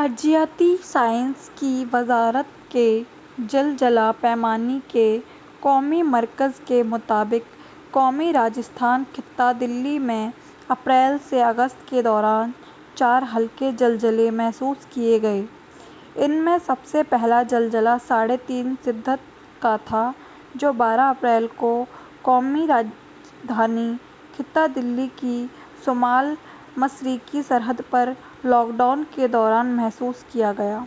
ارضیاتی سائنس کی وزارت کے زلزلہ پیمائی کے قومی مرکز کے مطابق قومی راجدھانی خطہ دہلی میں اپریل سے اگست کے دوران چار ہلکے زلزلے محسوس کیے گئے ان میں سے پہلا زلزلہ ساڑھے تین شدت کا تھا جو بارہ اپریل کو قومی راجدھانی خطہ دہلی کی شمال مشرقی سرحد پر لاک ڈاؤن کے دوران محسوس کیا گیا۔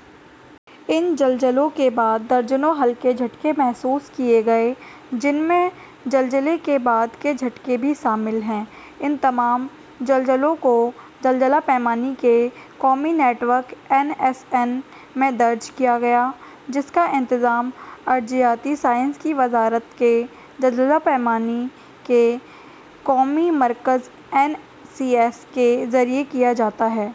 ان زلزلوں کے بعد درجنوں ہلکے جھٹکے محسوس کیے گئے جن میں زلزلے کے بعد کے جھٹکے بھی شامل ہیں۔ ان تمام زلزلوں کو زلزلہ پیمائی کے قومی network N S N میں درج کیا گیا جس کا انتظام ارضیاتی سائنس کی وزارت کے زلزلہ پیمائی کے قومی مرکز این سی ایس کے ذریعہ کیا جاتا ہے۔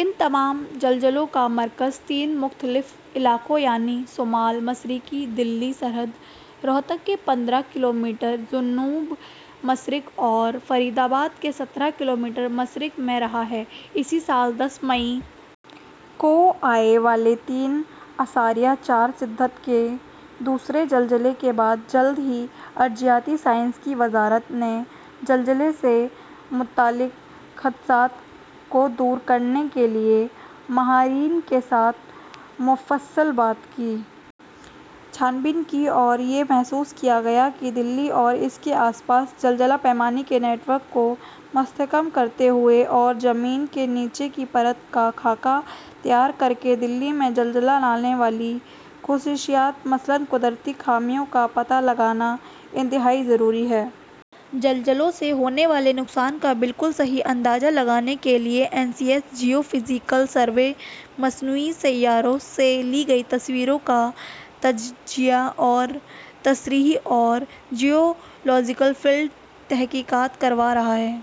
ان تمام زلزلوں کا مرکز تین مختلف علاقوں یعنی شمال مشرقی دہلی سرحد، روہتک کے پندرہ کلومیٹر جنوب مشرق اور فرید آباد کے سترہ کلومیٹر مشرق میں رہا ہے۔ اسی سال دس مئی کو آنے والے تین اشاریہ چار شدت کے دوسرے زلزلے کے بعد جلد ہی ارضیاتی سائنس کی وزارت نے زلزلے سے متعلق خدشات کو دور کرنے کے لیے ماہرین کے ساتھ مفصل بات چیت کی اور یہ محسوس کیا گیا کہ دہلی اور اس کے آس پاس زلزلہ پیمائی کے نیٹ ورک کو مستحکم کرتے ہوئے اور زمین کے نیچے کی ہلچل کا خاکہ تیار کر کے دہلی میں زلزلہ لانے والی خصوصیات مثلاً قدرتی خامیوں کا پتہ لگانا انتہائی ضروری ہے۔ زلزلوں سے ہونے والے نقصان کا بالکل صحیح اندازہ لگانے کے لیے N C S geophysical survey, مصنوعی سیاروں سے لی گئی تصویروں کا تجزیہ اور تشریح اور جیولوجیکل فیلڈ تحقیقات کروا رہا ہے۔